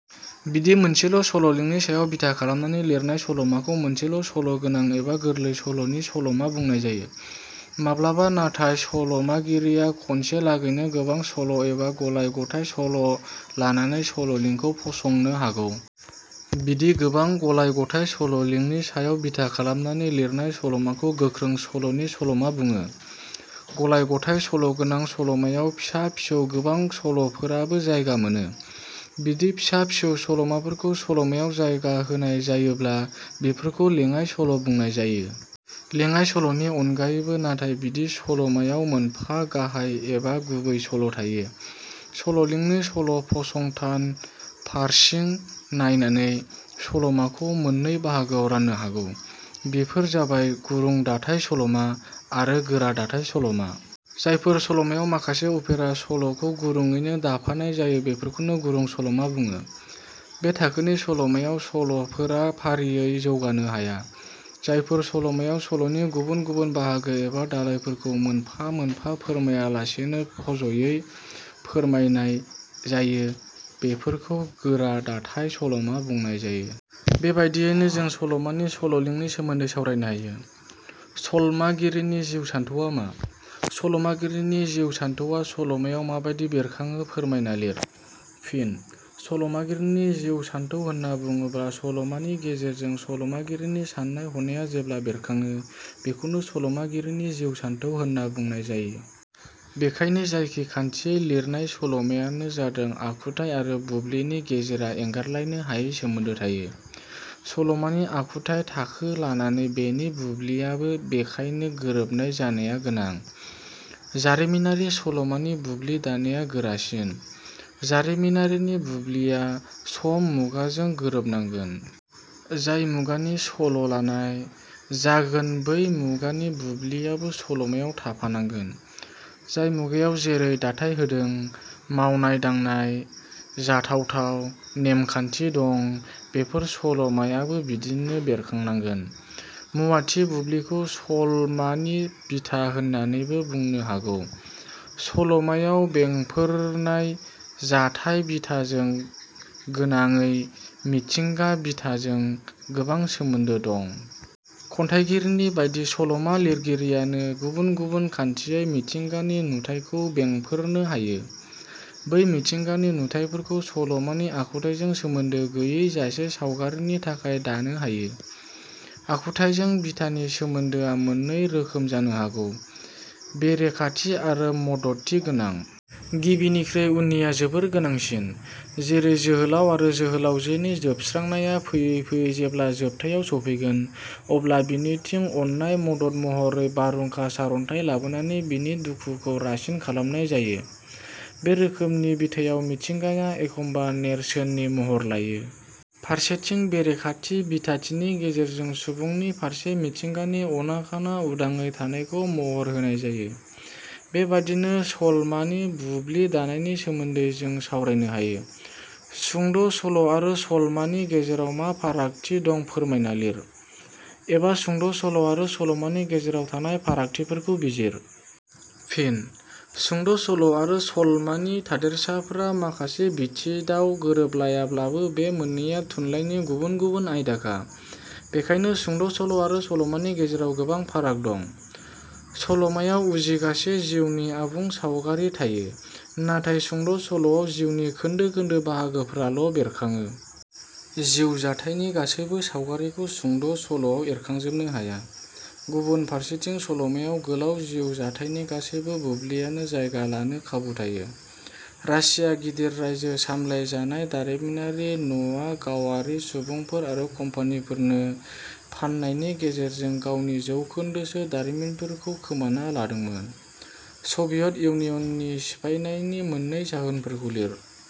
बिदि मोनसेल' सल 'लिंनि सायाव बिथा खालामनानै लिरनाय सल 'माखौ मोनसेल' सल 'गोनां एबा गोरलै सल 'नि सल'मा बुंनाय जायो। माब्लाबा नाथाय सल 'मागिरिया खनसेलागैनो गोबां सल' एबा गलाय-गथाय सल' लानानै सल 'लिंखौ फसंनो हागौ। बिदि गोबां गलाय गथाय सल 'लिंनि सायाव बिथा खालामनानै लिरनाय सल 'माखौ गोख्रों सल 'नि सल'मा बुङो। गलाय-गथाय सल'गोनां सल 'मायाव फिसा फिसौ गोबां सल'फोराबो जायगा मोनो। बिदि फिसा फिसौ सल 'फोरखौ सल 'मायाव जायगा होनाय जायोब्ला बिफोरखौ लेंङाइ सल' बुंनाय जायो। लेङाइ सल 'नि अनगायैबो नाथाय बिदि सल 'मायाव मोनफा गाहाइ एबा गुबै सल' थायो। सल 'लिंनि सल' फसंथान फारसिं नायनानै सल 'माखौ मोननै बाहागोआव राननो हागौ। बेफोर जाबाय-गुरुं दाथाइ सल'मा आरो गोरा दाथाइ सल'मा। जायफोर सल'मायाव माखासे उफेसा सल'खौ गुरुङैनो दाफानाय जायो बेफोरखौनो गुरुं सल'मा बुङो। बे थाखोनि सल'मायाव सल 'साफोरा फारियै जौगानो हाया। जायफोर सल'मायाव सल'नि गुबुन गुबुन बाहागो एबा दालाइफोरखौ मोनफा मोनफा फोरमायालासेनो ज'यै फोरमायनाय जायो बेफोरखौ गोरा दाथाइ सल'मा बुंनाय जायो। बेबादियैनो जों सल 'मानि सल 'लिंनि सोमोन्दै सावरायनो हायो। सल मागिरिनि जिउ सान्थौवा मा? सल 'मागिरिनि जिउ सानथौवा सल 'मायाव माबादि बेरखाङो फोरमायना लिर। फिन: सल'मागिरिनि जिउ सानथौ होनना बुङोब्ला सल'मानि गेजेरजों सल 'मागिरिनि साननाय हनाया जेबला बेरखाङो बेखौनो सल 'मागिरिनि जिउ सानथौ होनना बुंनाय जायो। बेखायनो जायखि खान्थियै लिरनाय सल'मायानो जादों आखुथाइ आरो बुब्लिनि गेजेरा एंगारलायनो हायै सोमोन्दो थायो। सलमानि आखुथाइ थाखो लानानै बेनि बुब्लियाबो बेखायनो गोरोबनाय जानाया गोनां। जारिमिनारि सल'मानि बुब्लि दानाया गोरासिन। जारिमिननि बुब्लिया सम-मुगाजों गोरोबनांगोन। जाय मुगानि सल' लानाय, जागोन बै मुगानि बुब्लियाबो सल'आव थाफानांगोन। जाय मुगायाव जेरै जाथाइ जादों, मावनाय-दांनाय, जाथाव-थाव नेम-खान्थि दं, बेफोर सल 'मायावबो बिदिनो बेरखांनांगोन। मुवाथि बुब्लिखौ सलमानि बिथा होननानैबो बुंनो हागौ। सल 'मायाव बेंफोरनाय जाथाय-बिथाजों गोनाङै मिथिंगा बिथाजों गोबां सोमोन्दो दं। खन्थाइगिरिनि बादि सल'मा लिरगिरियानो गुबुन गुबुन खान्थियै मिथिंगानि नुथायखौ बेंफोरनो हायो। बै मिथिंगानि नुथायफोरखौ सल'मानि आखुथाइजों सोमोन्दो गैयै जासे सावगारिनि थाखाय दानो हायो। आखुथाइजों बिथानि सोमोन्दोआ मोननै रोखोम जानो हागौ- बेरेखाथि आरो मददथि गोनां। गिबिनिख्रुइ उननिया जोबोर गोनांसिन। जेरै जोहोलाव आरो जोहोलावजोनि जोबस्रांनाया फैयै फैयै जेब्ला जोबथायाव सफैगोन, अब्ला बिनिथिं अननाय मदद महरै बारहुंखा सारन्थाइ लाबोनानै बिनि दुखुखौ रासिन खालामनाय जायो। बे रोखोमनि बिथायाव मिथिंगाया एखम्बा नेरसोन नि महर लायो। फारसेथिं बेरेखाथि बिथानि गेजेरजों सुबुंनि फारसे मिथिंगानि अनाखाना उदाङै थानायखौ महर होनाय जायो। बेबादिनो सलमानि बुब्लि दानायनि सोमोन्दै जों सावरायनो हायो। सुंद' सल' आरो सलमानि गेजेराव मा फारागथि दं फोरमायना लिर। "एबा" सुंद' सल' आरो सलमानि गेजेराव थानाय फारागथिफोरखौ बिजिर। फिन: सुंद' सल' आरो सलमानि थादेरसाफोरा माखासे बिथिडाव गोरोबलायोब्लाबो बे मोननैया थुनलाइनि गुबुन गुबुन आयदाखा। बेखायनो सुंद' सल' आरो सल 'मानि गेजेराव गोबां फाराग दं। सल 'मायाव उजिगासे जिउनि आबुं सावगारि थायो नाथाय सुंद' सल'आव जिउनि खोन्दो खोन्दो बाहागोफोराल' बेरखाङो। जिउ जाथाइनि गासैबो सावगारिखौ सुंद' सल'आव एरखांजोबनो हाया। गुबुन फारसेथिं सल 'मायाव गोलाव जिउ जाथाइनि गासैबो बुब्लियानो जायगा लानो खाबु थायो। रासिया गिदिर रायजो सामलायजानाय दारिमिनारि न'आ गावारि सुबुंफोर आरो कम्पानिफोरनो फाननायनि गेजेरजों गावनि जौखोन्दोसो दारिमिनफोरखौ खोमाना लादोंमोन। सभियेट इउनियननि सिफायनायनि मोननै जाहोनफोरखौ लिर?